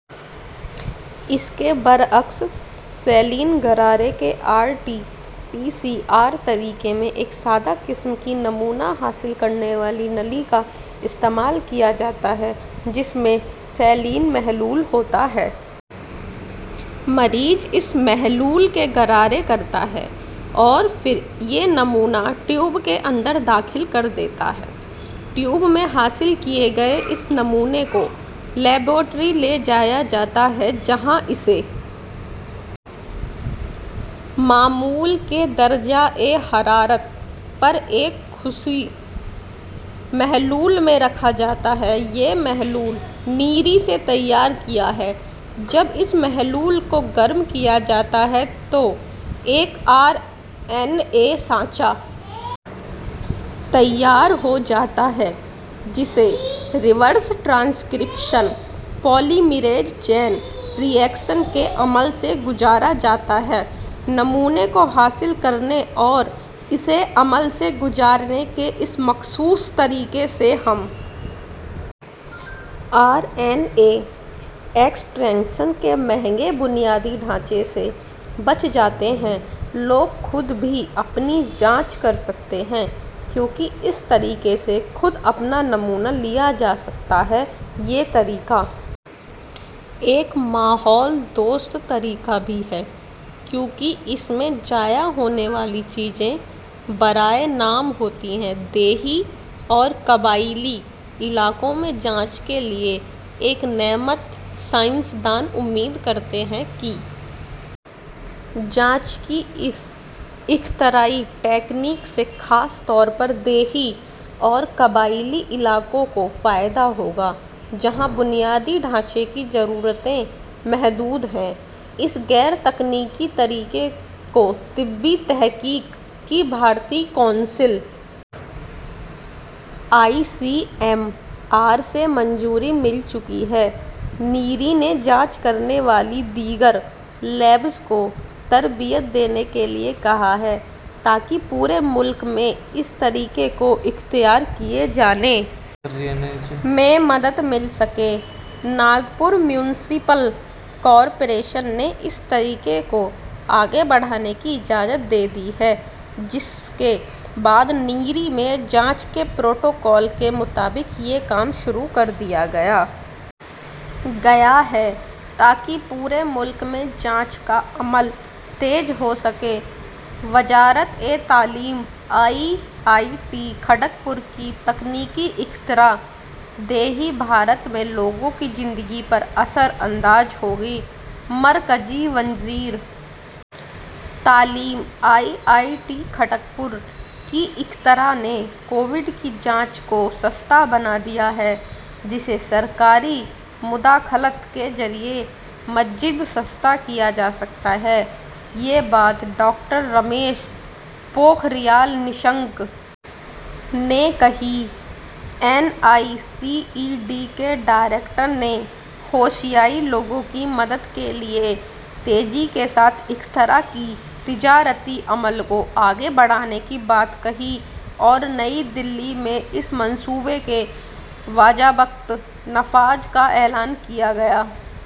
اس کے برعکس سیلین غرارے کے R T P C R طریقے میں ایک سادہ قسم کی نمونہ حاصل کرنے والی نلی کا استعمال کیا جاتا ہے جس میں سیلین محلول ہوتا ہے مریض اس محلول کے غرارے کرتا ہے اور پھر یہ نمونہ ٹیوب کے اندر داخل کر دیتا ہے ٹیوب میں حاصل کیے گئے اس نمونے کو لیبارٹری لے جایا جاتا ہے جہاں اسے معمول کے درجہ حرارت پر ایک خصوصی محلول میں رکھا جاتا ہے یہ محلول نیری نے تیار کیا ہے جب اس محلول کو گرم کیا جاتا ہے تو ایک آر این اے سانچہ تیار ہو جاتا ہے جسے reverse transcription polymerase chain reaction کے عمل سے گزارا جاتا ہے نمونے کو حاصل کرنے اور اسے عمل سے گزارنے کے اس مخصوص طریقے سے ہم آر این اے ایکسٹریکشن کے مہنگے بنیادی ڈھانچے سے بچ جاتے ہیں لوگ خود بھی اپنی جانچ کر سکتے ہیں کیونکہ اس طریقے سے خود اپنا نمونہ لیا جا سکتا ہے یہ طریقہ ایک ماحول دوست طریقہ بھی ہے کیونکہ اس میں ضائع ہونے والی چیزیں برائے نام ہوتی ہیں دیہی اور قبائلی علاقوں میں جانچ کے لیے ایک نعمت سائنس دان امید کرتے ہیں کہ جانچ کی اس اختراعی تکنیک سے خاص طور پر دیہی اور قبائلی علاقوں کو فائدہ ہوگا جہاں بنیادی ڈھانچے کی ضرورتیں محدود ہیں اس غیر تکنیکی طریقے کو طبی تحقیق کی بھارتی council I C M R سے منظوری مل چکی ہے نیری نے جانچ کرنے والی دیگر لیبز کو تربیت دینے کے لیے کہا ہے تاکہ پورے ملک میں اس طریقے کو اختیار کیے جانے میں مدد مل سکے ناگپور میونسپل کارپوریشن نے اس طریقے کو آگے بڑھانے کی اجازت دے دی ہے جس کے بعد نیری میں جانچ کے پروٹوکول کے مطابق یہ کام شروع کر دیا گیا ہے تاکہ پورے ملک میں جانچ کا عمل تیز ہو سکے وزارت تعلیم آئی آئی ٹی کھڑگپور کی تکنیکی اختراع دیہی بھارت میں لوگوں کی زندگی پر اثر انداز ہوگی مرکزی وزیر تعلیم آئی آئی ٹی کھڑگپور کی اختراع نے کووڈ کی جانچ کو سستا بنا دیا ہے جسے سرکاری مداخلت کے ذریعے مزید سستا کیا جا سکتا ہے یہ بات ڈاکٹر رمیش پوکھریال نشنک نے کہی N I C E D کے ڈائریکٹر نے حاشیائی لوگوں کی مدد کے لیے تیزی کے ساتھ اختراع کے تجارتی عمل کو آگے بڑھانے کی بات کہی اور نئی دہلی میں اس منصوبے کے باضابطہ نفاذ کا اعلان کیا گیا